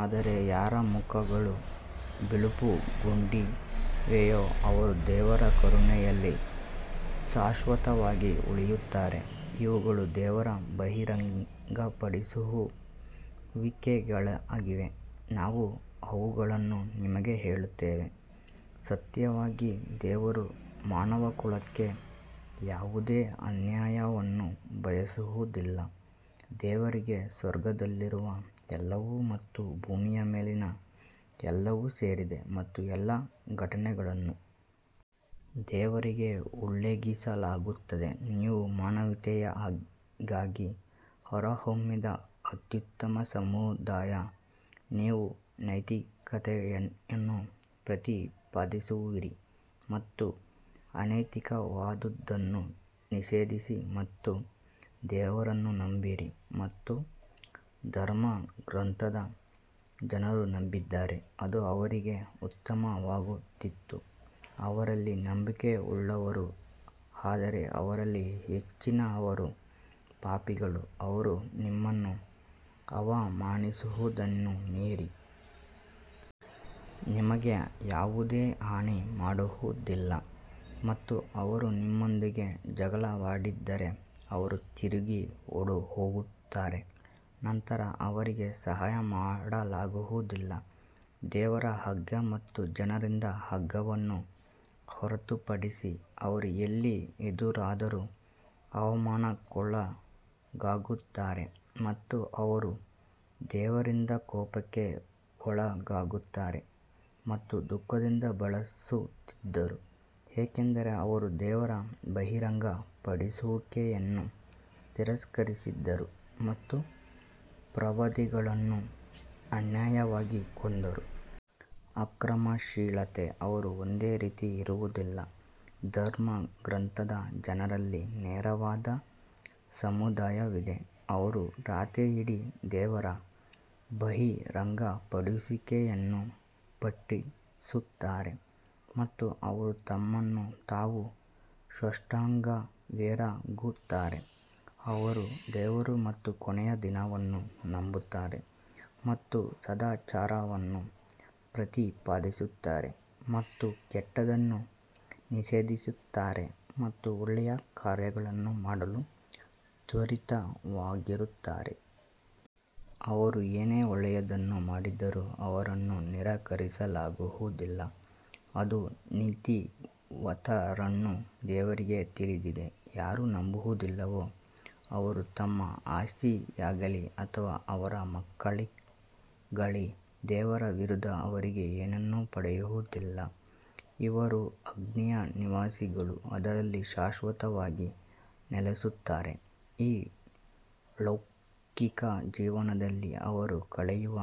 ಆದರೆ ಯಾರ ಮುಖಗಳು ಬಿಳುಪುಗೊಂಡಿವೆಯೋ ಅವರು ದೇವರ ಕರುಣೆಯಲ್ಲಿ ಶಾಶ್ವತವಾಗಿ ಉಳಿಯುತ್ತಾರೆ ಇವುಗಳು ದೇವರ ಬಹಿರಂಗಪಡಿಸುವಿಕೆಗಳಾಗಿವೆ, ನಾವು ಅವುಗಳನ್ನು ನಿಮಗೆ ಹೇಳುತ್ತೇವೆ ಸತ್ಯವಾಗಿ ದೇವರು ಮಾನವಕುಲಕ್ಕೆ ಯಾವುದೇ ಅನ್ಯಾಯವನ್ನು ಬಯಸುವುದಿಲ್ಲ ದೇವರಿಗೆ ಸ್ವರ್ಗದಲ್ಲಿರುವ ಎಲ್ಲವೂ ಮತ್ತು ಭೂಮಿಯ ಮೇಲಿನ ಎಲ್ಲವೂ ಸೇರಿದೆ ಮತ್ತು ಎಲ್ಲಾ ಘಟನೆಗಳನ್ನು ದೇವರಿಗೆ ಉಲ್ಲೇಖಿಸಲಾಗುತ್ತದೆ ನೀವು ಮಾನವೀಯತೆಗಾಗಿ ಹೊರಹೊಮ್ಮಿದ ಅತ್ಯುತ್ತಮ ಸಮುದಾಯ ನೀವು ನೈತಿಕತೆಯನ್ನು ಪ್ರತಿಪಾದಿಸುವಿರಿ ಮತ್ತು ಅನೈತಿಕವಾದುದನ್ನು ನಿಷೇಧಿಸಿ ಮತ್ತು ದೇವರನ್ನು ನಂಬಿರಿ ಮತ್ತು ಧರ್ಮಗ್ರಂಥದ ಜನರು ನಂಬಿದ್ದರೆ ಅದು ಅವರಿಗೆ ಉತ್ತಮವಾಗುತ್ತಿತ್ತು ಅವರಲ್ಲಿ ನಂಬಿಕೆಯುಳ್ಳವರು ಆದರೆ ಅವರಲ್ಲಿ ಹೆಚ್ಚಿನವರು ಪಾಪಿಗಳು ಅವರು ನಿಮ್ಮನ್ನು ಅವಮಾನಿಸುವುದನ್ನು ಮೀರಿ ನಿಮಗೆ ಯಾವುದೇ ಹಾನಿ ಮಾಡುವುದಿಲ್ಲ ಮತ್ತು ಅವರು ನಿಮ್ಮೊಂದಿಗೆ ಜಗಳವಾಡಿದರೆ ಅವರು ತಿರುಗಿ ಓಡಿಹೋಗುತ್ತಾರೆ ನಂತರ ಅವರಿಗೆ ಸಹಾಯ ಮಾಡಲಾಗುವುದಿಲ್ಲ ದೇವರ ಹಗ್ಗ ಮತ್ತು ಜನರಿಂದ ಹಗ್ಗವನ್ನು ಹೊರತುಪಡಿಸಿ ಅವರು ಎಲ್ಲಿ ಎದುರಾದರೂ ಅವಮಾನಕ್ಕೊಳಗಾಗುತ್ತಾರೆ ಮತ್ತು ಅವರು ದೇವರಿಂದ ಕೋಪಕ್ಕೆ ಒಳಗಾಗುತ್ತಾರೆ ಮತ್ತು ದುಃಖದಿಂದ ಬಳಲುತ್ತಿದ್ದರು, ಏಕೆಂದರೆ ಅವರು ದೇವರ ಬಹಿರಂಗಪಡಿಸುವಿಕೆಯನ್ನು ತಿರಸ್ಕರಿಸಿದರು ಮತ್ತು ಪ್ರವಾದಿಗಳನ್ನು ಅನ್ಯಾಯವಾಗಿ ಕೊಂದರು. ಆಕ್ರಮಣಶೀಲತೆ ಅವರು ಒಂದೇ ರೀತಿ ಇರುವುದಿಲ್ಲ ಧರ್ಮಗ್ರಂಥದ ಜನರಲ್ಲಿ ನೇರವಾದ ಸಮುದಾಯವಿದೆ, ಅವರು ರಾತ್ರಿಯಿಡೀ ದೇವರ ಬಹಿರಂಗಪಡಿಸುವಿಕೆಯನ್ನು ಪಠಿಸುತ್ತಾರೆ ಮತ್ತು ಅವರು ತಮ್ಮನ್ನು ತಾವು ಸಾಷ್ಟಾಂಗವೆರಗುತ್ತಾರೆ. ಅವರು ದೇವರು ಮತ್ತು ಕೊನೆಯ ದಿನವನ್ನು ನಂಬುತ್ತಾರೆ ಮತ್ತು ಸದಾಚಾರವನ್ನು ಪ್ರತಿಪಾದಿಸುತ್ತಾರೆ ಮತ್ತು ಕೆಟ್ಟದ್ದನ್ನು ನಿಷೇಧಿಸುತ್ತಾರೆ ಮತ್ತು ಒಳ್ಳೆಯ ಕಾರ್ಯಗಳನ್ನು ಮಾಡಲು ತ್ವರಿತವಾಗಿರುತ್ತಾರೆ. ಅವರು ಏನೇ ಒಳ್ಳೆಯದನ್ನು ಮಾಡಿದರೂ ಅವರನ್ನು ನಿರಾಕರಿಸಲಾಗುವುದಿಲ್ಲ ಅದು ನೀತಿವಂತರನ್ನು ದೇವರಿಗೆ ತಿಳಿದಿದೆ ಯಾರು ನಂಬುವುದಿಲ್ಲವೋ ಅವರು ತಮ್ಮ ಆಸ್ತಿಯಾಗಲಿ ಅಥವಾ ಅವರ ಮಕ್ಕಳಾಗಲಿ ದೇವರ ವಿರುದ್ಧ ಅವರಿಗೆ ಏನನ್ನೂ ಪಡೆಯುವುದಿಲ್ಲ, ಇವರು ಅಗ್ನಿಯ ನಿವಾಸಿಗಳು ಅದರಲ್ಲಿ ಶಾಶ್ವತವಾಗಿ ನೆಲೆಸುತ್ತಾರೆ. ಈ ಲೌಕಿಕ ಜೀವನದಲ್ಲಿ ಅವರು ಕಳೆಯುವ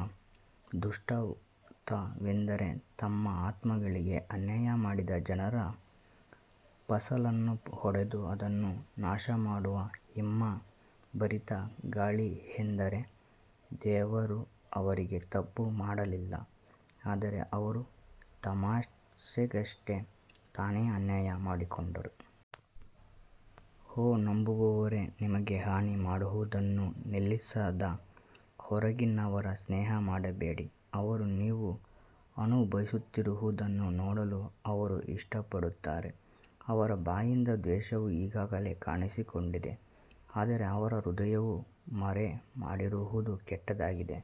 ದೃಷ್ಟಾಂತವೆಂದರೆ ತಮ್ಮ ಆತ್ಮಗಳಿಗೆ ಅನ್ಯಾಯ ಮಾಡಿದ ಜನರ ಫಸಲನ್ನು ಹೊಡೆದು ಅದನ್ನು ನಾಶಮಾಡುವ ಹಿಮಭರಿತ ಗಾಳಿಯೆಂದರೆ ದೇವರು ಅವರಿಗೆ ತಪ್ಪು ಮಾಡಲಿಲ್ಲ ಆದರೆ ಅವರು ತಮ್ಮಷ್ಟಕ್ಕೇ ತಾನೇ ಅನ್ಯಾಯ ಮಾಡಿಕೊಂಡರು. ಓ ನಂಬುವವರೇ ನಿಮಗೆ ಹಾನಿ ಮಾಡುವುದನ್ನು ನಿಲ್ಲಿಸದ ಹೊರಗಿನವರ ಸ್ನೇಹ ಮಾಡಬೇಡಿ ಅವರು ನೀವು ಅನುಭವಿಸುತ್ತಿರುವುದನ್ನು ನೋಡಲು ಅವರು ಇಷ್ಟಪಡುತ್ತಾರೆ ಅವರ ಬಾಯಿಂದ ದ್ವೇಷವು ಈಗಾಗಲೇ ಕಾಣಿಸಿಕೊಂಡಿದೆ ಆದರೆ ಅವರ ಹೃದಯವು ಮರೆಮಾಡಿರುವುದು ಕೆಟ್ಟದಾಗಿದೆ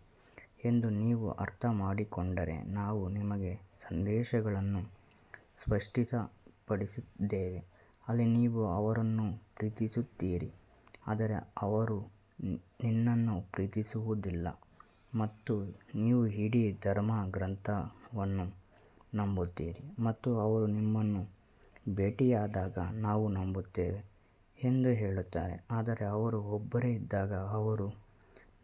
ಎಂದು ನೀವು ಅರ್ಥಮಾಡಿಕೊಂಡರೆ ನಾವು ನಿಮಗೆ ಸಂದೇಶಗಳನ್ನು ಸ್ಪಷ್ಟಪಡಿಸಿದ್ದೇವೆ. ಅಲ್ಲಿ ನೀವು ಅವರನ್ನು ಪ್ರೀತಿಸುತ್ತೀರಿ ಆದರೆ ಅವರು ನಿನ್ನನ್ನು ಪ್ರೀತಿಸುವುದಿಲ್ಲ ಮತ್ತು ನೀವು ಇಡೀ ಧರ್ಮಗ್ರಂಥವನ್ನು ನಂಬುತ್ತೀರಿ ಮತ್ತು ಅವರು ನಿಮ್ಮನ್ನು ಭೇಟಿಯಾದಾಗ ನಾವು ನಂಬುತ್ತೇವೆ ಎಂದು ಹೇಳುತ್ತಾರೆ ಆದರೆ ಅವರು ಒಬ್ಬರೇ ಇದ್ದಾಗ ಅವರು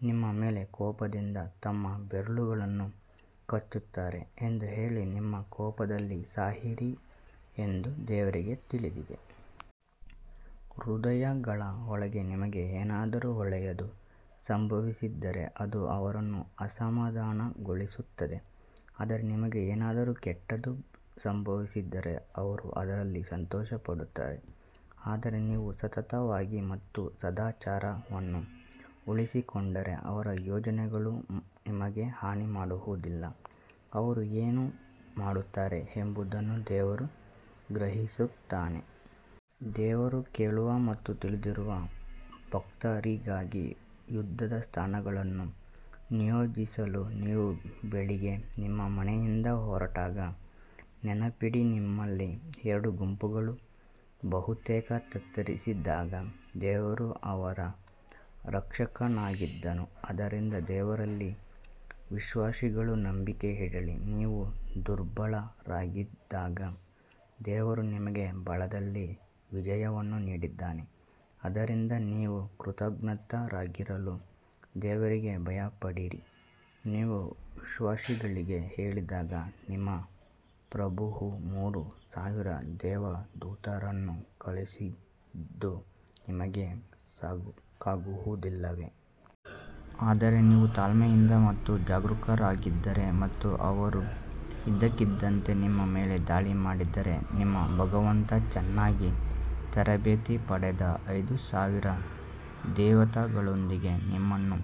ನಿಮ್ಮ ಮೇಲೆ ಕೋಪದಿಂದ ತಮ್ಮ ಬೆರಳುಗಳನ್ನು ಕಚ್ಚುತ್ತಾರೆ ಎಂದು ಹೇಳಿ ನಿಮ್ಮ ಕೋಪದಲ್ಲಿ ಸಾಯಿರಿ ಎಂದು ದೇವರಿಗೆ ತಿಳಿದಿದೆ. ಹೃದಯಗಳ ಒಳಗೆ ನಿಮಗೆ ಏನಾದರೂ ಒಳ್ಳೆಯದು ಸಂಭವಿಸಿದರೆ ಅದು ಅವರನ್ನು ಅಸಮಾಧಾನಗೊಳಿಸುತ್ತದೆ ಆದರೆ ನಿಮಗೆ ಏನಾದರೂ ಕೆಟ್ಟದು ಸಂಭವಿಸಿದರೆ ಅವರು ಅದರಲ್ಲಿ ಸಂತೋಷಪಡುತ್ತಾರೆ ಆದರೆ ನೀವು ಸತತವಾಗಿ ಮತ್ತು ಸದಾಚಾರವನ್ನು ಉಳಿಸಿಕೊಂಡರೆ ಅವರ ಯೋಜನೆಗಳು ನಿಮಗೆ ಹಾನಿ ಮಾಡುವುದಿಲ್ಲ, ಅವರು ಏನು ಮಾಡುತ್ತಾರೆ ಎಂಬುದನ್ನು ದೇವರು ಗ್ರಹಿಸುತ್ತಾನೆ. ದೇವರು ಕೇಳುವ ಮತ್ತು ತಿಳಿದಿರುವ ಭಕ್ತರಿಗಾಗಿ ಯುದ್ಧದ ಸ್ಥಾನಗಳನ್ನು ನಿಯೋಜಿಸಲು ನೀವು ಬೆಳಿಗ್ಗೆ ನಿಮ್ಮ ಮನೆಯಿಂದ ಹೊರಟಾಗ ನೆನಪಿಡಿ ನಿಮ್ಮಲ್ಲಿ ಎರಡು ಗುಂಪುಗಳು ಬಹುತೇಕ ತತ್ತರಿಸಿದಾಗ ದೇವರು ಅವರ ರಕ್ಷಕನಾಗಿದ್ದನು ಆದ್ದರಿಂದ ದೇವರಲ್ಲಿ ವಿಶ್ವಾಸಿಗಳು ನಂಬಿಕೆ ಇಡಲಿ ನೀವು ದುರ್ಬಲರಾಗಿದ್ದಾಗ ದೇವರು ನಿಮಗೆ ಬಲದಲ್ಲಿ ವಿಜಯವನ್ನು ನೀಡಿದ್ದಾನೆ ಆದ್ದರಿಂದ ನೀವು ಕೃತಜ್ಞರಾಗಿರಲು ದೇವರಿಗೆ ಭಯಪಡಿರಿ ನೀವು ವಿಶ್ವಾಸಿಗಳಿಗೆ ಹೇಳಿದಾಗ ನಿಮ್ಮ ಪ್ರಭುವು ಮೂರು ಸಾವಿರ ದೇವದೂತರನ್ನು ಕಳುಹಿಸಿದ್ದು ನಿಮಗೆ ಸಾಕಾಗುವುದಿಲ್ಲವೇ? ಆದರೆ ನೀವು ತಾಳ್ಮೆಯಿಂದ ಮತ್ತು ಜಾಗರೂಕರಾಗಿದ್ದರೆ ಮತ್ತು ಅವರು ಇದ್ದಕ್ಕಿದ್ದಂತೆ ನಿಮ್ಮ ಮೇಲೆ ದಾಳಿ ಮಾಡಿದರೆ ನಿಮ್ಮ ಭಗವಂತ ಚೆನ್ನಾಗಿ ತರಬೇತಿ ಪಡೆದ ಐದು ಸಾವಿರ ದೇವತೆಗಳೊಂದಿಗೆ ನಿಮ್ಮನ್ನು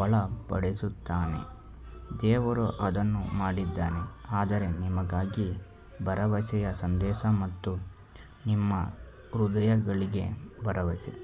ಬಲಪಡಿಸುತ್ತಾನೆ. ದೇವರು ಅದನ್ನು ಮಾಡಿದ್ದಾನೆ ಆದರೆ ನಿಮಗಾಗಿ ಭರವಸೆಯ ಸಂದೇಶ ಮತ್ತು ನಿಮ್ಮ ಹೃದಯಗಳಿಗೆ ಭರವಸೆ